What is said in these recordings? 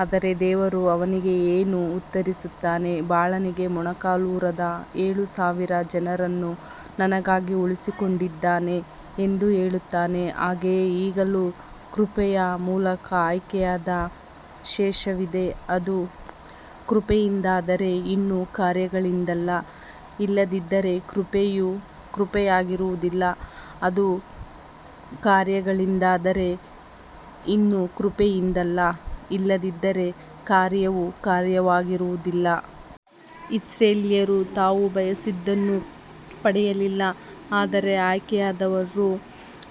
ಆದರೆ ದೇವರು ಅವನಿಗೆ ಏನು ಉತ್ತರಿಸುತ್ತಾನೆ. ಬಾಳನಿಗೆ ಮೊಣಕಾಲೂರದ ಏಳು ಸಾವಿರ ಜನರನ್ನು ನನಗಾಗಿ ಉಳಿಸಿಕೊಂಡಿದ್ದೇನೆ ಎಂದು ಹೇಳುತ್ತಾನೆ. ಹಾಗೆಯೇ ಈಗಲೂ ಕೃಪೆಯ ಮೂಲಕ ಆಯ್ಕೆಯಾದ ಶೇಷವಿದೆ. ಅದು ಕೃಪೆಯಿಂದಾದರೆ ಇನ್ನು ಕಾರ್ಯಗಳಿಂದಲ್ಲ, ಇಲ್ಲದಿದ್ದರೆ ಕೃಪೆಯು ಕೃಪೆಯಾಗಿರುವುದಿಲ್ಲ. ಅದು ಕಾರ್ಯಗಳಿಂದಾದರೆ ಇನ್ನು ಕೃಪೆಯಿಂದಲ್ಲ, ಇಲ್ಲದಿದ್ದರೆ ಕಾರ್ಯವು ಕಾರ್ಯವಾಗಿರುವುದಿಲ್ಲ. ಇಸ್ರಾಯೇಲ್ಯರು ತಾವು ಬಯಸಿದ್ದನ್ನು ಪಡೆಯಲಿಲ್ಲ, ಆದರೆ ಆಯ್ಕೆಯಾದವರು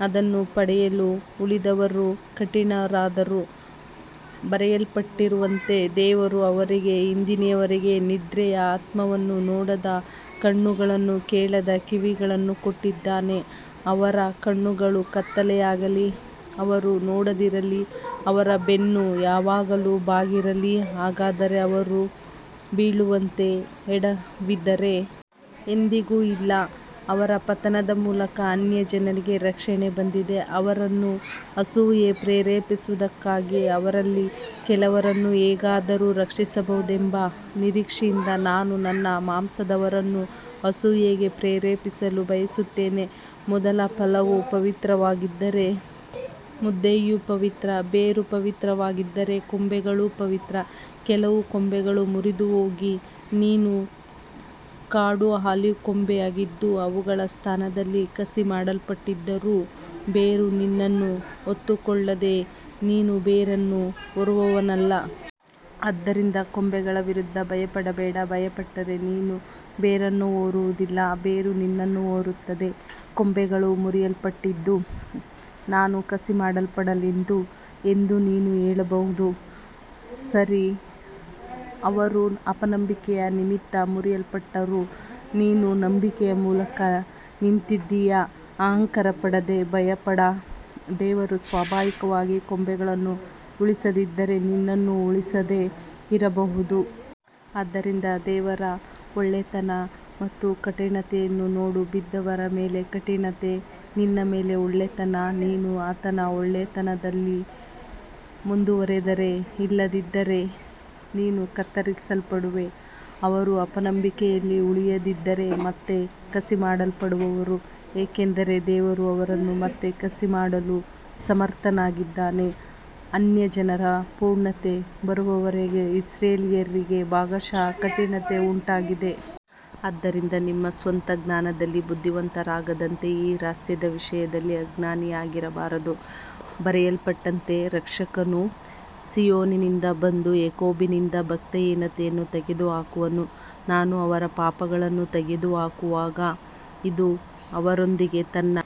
ಅದನ್ನು ಪಡೆದರು, ಉಳಿದವರು ಕಠಿಣರಾದರು. ಬರೆಯಲ್ಪಟ್ಟಿರುವಂತೆ, ದೇವರು ಅವರಿಗೆ ಇಂದಿನವರೆಗೂ ನಿದ್ರೆಯ ಆತ್ಮವನ್ನೂ ನೋಡದ ಕಣ್ಣುಗಳನ್ನೂ ಕೇಳದ ಕಿವಿಗಳನ್ನೂ ಕೊಟ್ಟಿದ್ದಾನೆ. ಅವರ ಕಣ್ಣುಗಳು ಕತ್ತಲಾಗಲಿ, ಅವರು ನೋಡದಿರಲಿ, ಅವರ ಬೆನ್ನು ಯಾವಾಗಲೂ ಬಾಗಿರಲಿ. ಹಾಗಾದರೆ ಅವರು ಬೀಳುವಂತೆ ಎಡವಿದರೇ. ಎಂದಿಗೂ ಇಲ್ಲ. ಅವರ ಪತನದ ಮೂಲಕ ಅನ್ಯಜನರಿಗೆ ರಕ್ಷಣೆ ಬಂದಿದೆ, ಅವರನ್ನು ಅಸೂಯೆಗೆ ಪ್ರೇರೇಪಿಸುವುದಕ್ಕಾಗಿ. ಅವರಲ್ಲಿ ಕೆಲವರನ್ನು ಹೇಗಾದರೂ ರಕ್ಷಿಸಬಹುದೆಂಬ ನಿರೀಕ್ಷೆಯಿಂದ ನಾನು ನನ್ನ ಮಾಂಸದವರನ್ನು ಅಸೂಯೆಗೆ ಪ್ರೇರೇಪಿಸಲು ಬಯಸುತ್ತೇನೆ. ಮೊದಲ ಫಲವು ಪವಿತ್ರವಾಗಿದ್ದರೆ ಮುದ್ದೆಯೂ ಪವಿತ್ರ, ಬೇರು ಪವಿತ್ರವಾಗಿದ್ದರೆ ಕೊಂಬೆಗಳೂ ಪವಿತ್ರ. ಕೆಲವು ಕೊಂಬೆಗಳು ಮುರಿದುಹೋಗಿ, ನೀನು ಕಾಡು ಆಲಿವ್ ಕೊಂಬೆಯಾಗಿದ್ದು ಅವುಗಳ ಸ್ಥಾನದಲ್ಲಿ ಕಸಿಮಾಡಲ್ಪಟ್ಟಿದ್ದರೂ, ಬೇರು ನಿನ್ನನ್ನು ಹೊತ್ತುಕೊಳ್ಳುತ್ತದೆ, ನೀನು ಬೇರನ್ನು ಹೊರುವವನಲ್ಲ. ಆದ್ದರಿಂದ ಕೊಂಬೆಗಳ ವಿರುದ್ಧ ಹೆಮ್ಮೆಪಡಬೇಡ. ಹೆಮ್ಮೆಪಟ್ಟರೆ, ನೀನು ಬೇರನ್ನು ಹೊರುವುದಿಲ್ಲ, ಬೇರು ನಿನ್ನನ್ನು ಹೊರುತ್ತದೆ. ಕೊಂಬೆಗಳು ಮುರಿಯಲ್ಪಟ್ಟದ್ದು ನಾನು ಕಸಿಮಾಡಲ್ಪಡಲೆಂದು ಎಂದು ನೀನು ಹೇಳಬಹುದು. ಸರಿ, ಅವರು ಅಪನಂಬಿಕೆಯ ನಿಮಿತ್ತ ಮುರಿಯಲ್ಪಟ್ಟರು, ನೀನು ನಂಬಿಕೆಯ ಮೂಲಕ ನಿಂತಿದ್ದೀಯ. ಅಹಂಕಾರಪಡದೆ ಭಯಪಡ. ದೇವರು ಸ್ವಾಭಾವಿಕ ಕೊಂಬೆಗಳನ್ನು ಉಳಿಸದಿದ್ದರೆ ನಿನ್ನನ್ನೂ ಉಳಿಸದೆ ಇರಬಹುದು. ಆದ್ದರಿಂದ ದೇವರ ಒಳ್ಳೆಯತನ ಮತ್ತು ಕಠಿಣತೆಯನ್ನು ನೋಡು. ಬಿದ್ದವರ ಮೇಲೆ ಕಠಿಣತೆ, ನಿನ್ನ ಮೇಲೆ ಒಳ್ಳೆಯತನ, ನೀನು ಆತನ ಒಳ್ಳೆಯತನದಲ್ಲಿ ಮುಂದುವರಿದರೆ. ಇಲ್ಲದಿದ್ದರೆ ನೀನೂ ಕತ್ತರಿಸಲ್ಪಡುವೆ. ಅವರು ಅಪನಂಬಿಕೆಯಲ್ಲಿ ಉಳಿಯದಿದ್ದರೆ ಮತ್ತೆ ಕಸಿಮಾಡಲ್ಪಡುವರು, ಏಕೆಂದರೆ ದೇವರು ಅವರನ್ನು ಮತ್ತೆ ಕಸಿಮಾಡಲು ಸಮರ್ಥನಾಗಿದ್ದಾನೆ. ಅನ್ಯಜನರ ಪೂರ್ಣತೆ ಬರುವವರೆಗೆ ಇಸ್ರಾಯೇಲ್ಯರಿಗೆ ಭಾಗಶಃ ಕಠಿಣತೆ ಉಂಟಾಗಿದೆ. ಆದ್ದರಿಂದ ನಿಮ್ಮ ಸ್ವಂತ ಜ್ಞಾನದಲ್ಲಿ ಬುದ್ಧಿವಂತರಾಗದಂತೆ ಈ ರಹಸ್ಯದ ವಿಷಯದಲ್ಲಿ ಅಜ್ಞಾನಿಗಳಾಗಿರಬಾರದು. ಬರೆಯಲ್ಪಟ್ಟಂತೆ, ರಕ್ಷಕನು ಸೀಯೋನಿನಿಂದ ಬಂದು ಯಾಕೋಬಿನಿಂದ ಭಕ್ತಿಹೀನತೆಯನ್ನು ತೆಗೆದುಹಾಕುವನು. ನಾನು ಅವರ ಪಾಪಗಳನ್ನು ತೆಗೆದುಹಾಕುವಾಗ ಇದು ಅವರೊಂದಿಗೆ ನನ್ನ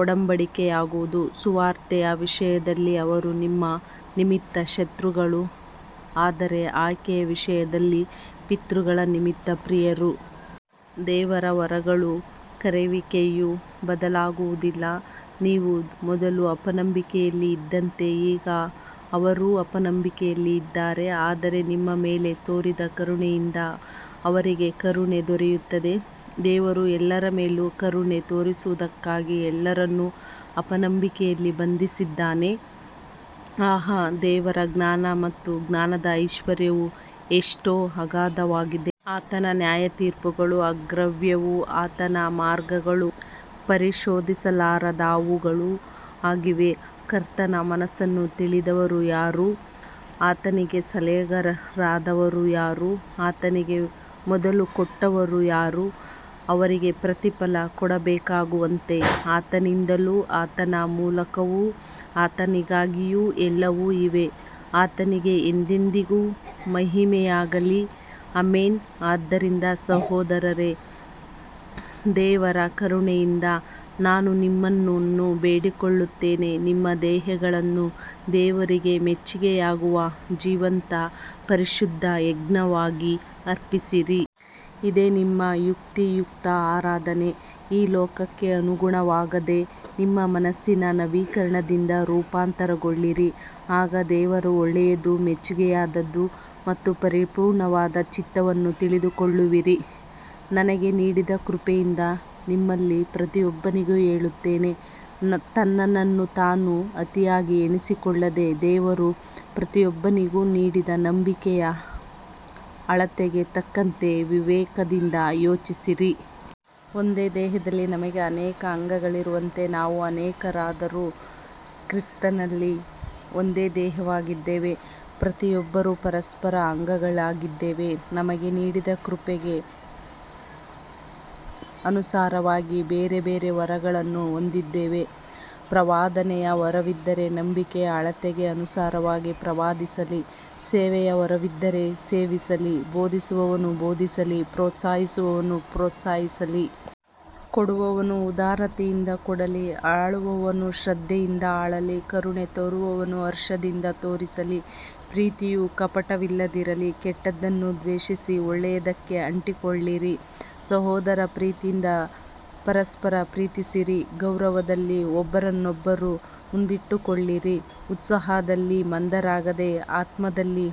ಒಡಂಬಡಿಕೆಯಾಗುವುದು. ಸುವಾರ್ತೆಯ ವಿಷಯದಲ್ಲಿ ಅವರು ನಿಮ್ಮ ನಿಮಿತ್ತ ಶತ್ರುಗಳು, ಆದರೆ ಆಯ್ಕೆಯ ವಿಷಯದಲ್ಲಿ ಪಿತೃಗಳ ನಿಮಿತ್ತ ಪ್ರಿಯರು. ದೇವರ ವರಗಳೂ ಕರೆಯುವಿಕೆಯೂ ಬದಲಾಗುವುದಿಲ್ಲ. ನೀವು ಮೊದಲು ಅಪನಂಬಿಕೆಯಲ್ಲಿ ಇದ್ದಂತೆ ಈಗ ಅವರೂ ಅಪನಂಬಿಕೆಯಲ್ಲಿ ಇದ್ದಾರೆ, ಆದರೆ ನಿಮ್ಮ ಮೇಲೆ ತೋರಿದ ಕರುಣೆಯಿಂದ ಅವರಿಗೆ ಕರುಣೆ ದೊರೆಯುತ್ತದೆ. ದೇವರು ಎಲ್ಲರ ಮೇಲೂ ಕರುಣೆ ತೋರಿಸುವುದಕ್ಕಾಗಿ ಎಲ್ಲರನ್ನೂ ಅಪನಂಬಿಕೆಯಲ್ಲಿ ಬಂಧಿಸಿದ್ದಾನೆ. ಆಹಾ, ದೇವರ ಜ್ಞಾನ ಮತ್ತು ಜ್ಞಾನದ ಐಶ್ವರ್ಯವು ಎಷ್ಟೋ ಅಗಾಧವಾಗಿದೆ. ಆತನ ನ್ಯಾಯತೀರ್ಪುಗಳು ಅಗ್ರಾಹ್ಯವೂ ಆತನ ಮಾರ್ಗಗಳು ಪರಿಶೋಧಿಸಲಾರದವುಗಳೂ ಆಗಿವೆ. ಕರ್ತನ ಮನಸ್ಸನ್ನು ತಿಳಿದವರು ಯಾರು, ಆತನಿಗೆ ಸಲಹೆಗಾರರಾದವರು ಯಾರು. ಆತನಿಗೆ ಮೊದಲು ಕೊಟ್ಟವರು ಯಾರು, ಅವರಿಗೆ ಪ್ರತಿಫಲ ಕೊಡಬೇಕಾಗುವಂತೆ. ಆತನಿಂದಲೂ, ಆತನ ಮೂಲಕವೂ, ಆತನಿಗಾಗಿಯೂ ಎಲ್ಲವೂ ಇವೆ. ಆತನಿಗೆ ಎಂದೆಂದಿಗೂ ಮಹಿಮೆಯಾಗಲಿ. ಆಮೆನ್. ಆದ್ದರಿಂದ ಸಹೋದರರೇ, ದೇವರ ಕರುಣೆಯಿಂದ ನಾನು ನಿಮ್ಮನ್ನು ಬೇಡಿಕೊಳ್ಳುತ್ತೇನೆ, ನಿಮ್ಮ ದೇಹಗಳನ್ನು ದೇವರಿಗೆ ಮೆಚ್ಚುಗೆಯಾಗುವ ಜೀವಂತ, ಪರಿಶುದ್ಧ ಯಜ್ಞವಾಗಿ ಅರ್ಪಿಸಿರಿ. ಇದೇ ನಿಮ್ಮ ಯುಕ್ತಿಯುಕ್ತ ಆರಾಧನೆ. ಈ ಲೋಕಕ್ಕೆ ಅನುಗುಣರಾಗದೆ, ನಿಮ್ಮ ಮನಸ್ಸಿನ ನವೀಕರಣದಿಂದ ರೂಪಾಂತರಗೊಳ್ಳಿರಿ, ಆಗ ದೇವರ ಒಳ್ಳೆಯದು, ಮೆಚ್ಚುಗೆಯಾದದು ಮತ್ತು ಪರಿಪೂರ್ಣವಾದ ಚಿತ್ತವನ್ನು ತಿಳಿದುಕೊಳ್ಳುವಿರಿ. ನನಗೆ ನೀಡಿದ ಕೃಪೆಯಿಂದ ನಿಮ್ಮಲ್ಲಿ ಪ್ರತಿಯೊಬ್ಬನಿಗೂ ಹೇಳುತ್ತೇನೆ, ತನ್ನನ್ನು ತಾನು ಅತಿಯಾಗಿ ಎಣಿಸಿಕೊಳ್ಳದೆ, ದೇವರು ಪ್ರತಿಯೊಬ್ಬನಿಗೂ ನೀಡಿದ ನಂಬಿಕೆಯ ಅಳತೆಗೆ ತಕ್ಕಂತೆ ವಿವೇಕದಿಂದ ಯೋಚಿಸಿರಿ. ಒಂದೇ ದೇಹದಲ್ಲಿ ನಮಗೆ ಅನೇಕ ಅಂಗಗಳಿರುವಂತೆ, ನಾವು ಅನೇಕರಾದರೂ ಕ್ರಿಸ್ತನಲ್ಲಿ ಒಂದೇ ದೇಹವಾಗಿದ್ದೇವೆ, ಪ್ರತಿಯೊಬ್ಬರೂ ಪರಸ್ಪರ ಅಂಗಗಳಾಗಿದ್ದೇವೆ. ನಮಗೆ ನೀಡಿದ ಕೃಪೆಗೆ ಅನುಸಾರವಾಗಿ ಬೇರೆ ಬೇರೆ ವರಗಳನ್ನು ಹೊಂದಿದ್ದೇವೆ. ಪ್ರವಾದನೆಯ ವರವಿದ್ದರೆ ನಂಬಿಕೆಯ ಅಳತೆಗೆ ಅನುಸಾರವಾಗಿ ಪ್ರವಾದಿಸಲಿ. ಸೇವೆಯ ವರವಿದ್ದರೆ ಸೇವಿಸಲಿ. ಬೋಧಿಸುವವನು ಬೋಧಿಸಲಿ. ಪ್ರೋತ್ಸಾಹಿಸುವವನು ಪ್ರೋತ್ಸಾಹಿಸಲಿ. ಕೊಡುವವನು ಉದಾರತೆಯಿಂದ ಕೊಡಲಿ. ಆಳುವವನು ಶ್ರದ್ಧೆಯಿಂದ ಆಳಲಿ. ಕರುಣೆ ತೋರುವವನು ಹರ್ಷದಿಂದ ತೋರಿಸಲಿ. ಪ್ರೀತಿಯು ಕಪಟವಿಲ್ಲದಿರಲಿ. ಕೆಟ್ಟದ್ದನ್ನು ದ್ವೇಷಿಸಿ, ಒಳ್ಳೆಯದಕ್ಕೆ ಅಂಟಿಕೊಳ್ಳಿರಿ. ಸಹೋದರ ಪ್ರೀತಿಯಿಂದ ಪರಸ್ಪರ ಪ್ರೀತಿಸಿರಿ. ಗೌರವದಲ್ಲಿ ಒಬ್ಬರನ್ನೊಬ್ಬರು ಮುಂದಿಟ್ಟುಕೊಳ್ಳಿರಿ. ಉತ್ಸಾಹದಲ್ಲಿ ಮಂದರಾಗದೆ, ಆತ್ಮದಲ್ಲಿ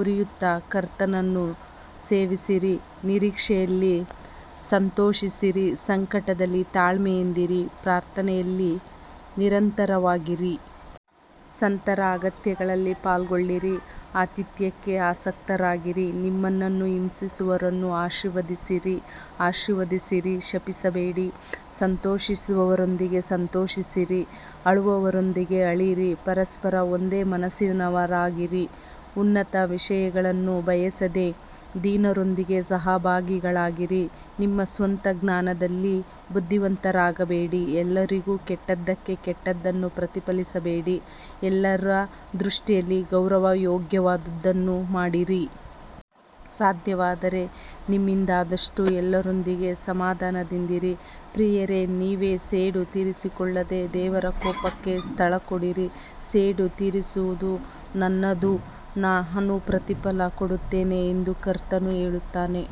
ಉರಿಯುತ್ತಾ, ಕರ್ತನನ್ನು ಸೇವಿಸಿರಿ. ನಿರೀಕ್ಷೆಯಲ್ಲಿ ಸಂತೋಷಿಸಿರಿ, ಸಂಕಟದಲ್ಲಿ ತಾಳ್ಮೆಯಿಂದಿರಿ, ಪ್ರಾರ್ಥನೆಯಲ್ಲಿ ನಿರಂತರವಾಗಿರಿ. ಸಂತರ ಅಗತ್ಯಗಳಲ್ಲಿ ಪಾಲ್ಗೊಳ್ಳಿರಿ, ಆತಿಥ್ಯಕ್ಕೆ ಆಸಕ್ತರಾಗಿರಿ. ನಿಮ್ಮನ್ನು ಹಿಂಸಿಸುವವರನ್ನು ಆಶೀರ್ವದಿಸಿರಿ, ಆಶೀರ್ವದಿಸಿರಿ, ಶಪಿಸಬೇಡಿ. ಸಂತೋಷಿಸುವವರೊಂದಿಗೆ ಸಂತೋಷಿಸಿರಿ, ಅಳುವವರೊಂದಿಗೆ ಅಳಿರಿ. ಪರಸ್ಪರ ಒಂದೇ ಮನಸ್ಸಿನವರಾಗಿರಿ. ಉನ್ನತ ವಿಷಯಗಳನ್ನು ಬಯಸದೆ, ದೀನರೊಂದಿಗೆ ಸಹಭಾಗಿಗಳಾಗಿರಿ. ನಿಮ್ಮ ಸ್ವಂತ ಜ್ಞಾನದಲ್ಲಿ ಬುದ್ಧಿವಂತರಾಗಬೇಡಿ. ಯಾರಿಗೂ ಕೆಟ್ಟದ್ದಕ್ಕೆ ಕೆಟ್ಟದ್ದನ್ನು ಪ್ರತಿಫಲಿಸಬೇಡಿ. ಎಲ್ಲರ ದೃಷ್ಟಿಯಲ್ಲಿ ಗೌರವಯೋಗ್ಯವಾದದ್ದನ್ನು ಮಾಡಿರಿ. ಸಾಧ್ಯವಾದರೆ ನಿಮ್ಮಿಂದಾದಷ್ಟು ಎಲ್ಲರೊಂದಿಗೆ ಸಮಾಧಾನದಿಂದಿರಿ. ಪ್ರಿಯರೇ, ನೀವೇ ಸೇಡು ತೀರಿಸಿಕೊಳ್ಳದೆ, ದೇವರ ಕೋಪಕ್ಕೆ ಸ್ಥಳಕೊಡಿರಿ. ಸೇಡು ತೀರಿಸುವುದು ನನ್ನದು, ನಾನು ಪ್ರತಿಫಲ ಕೊಡುತ್ತೇನೆ ಎಂದು ಕರ್ತನು ಹೇಳುತ್ತಾನೆ.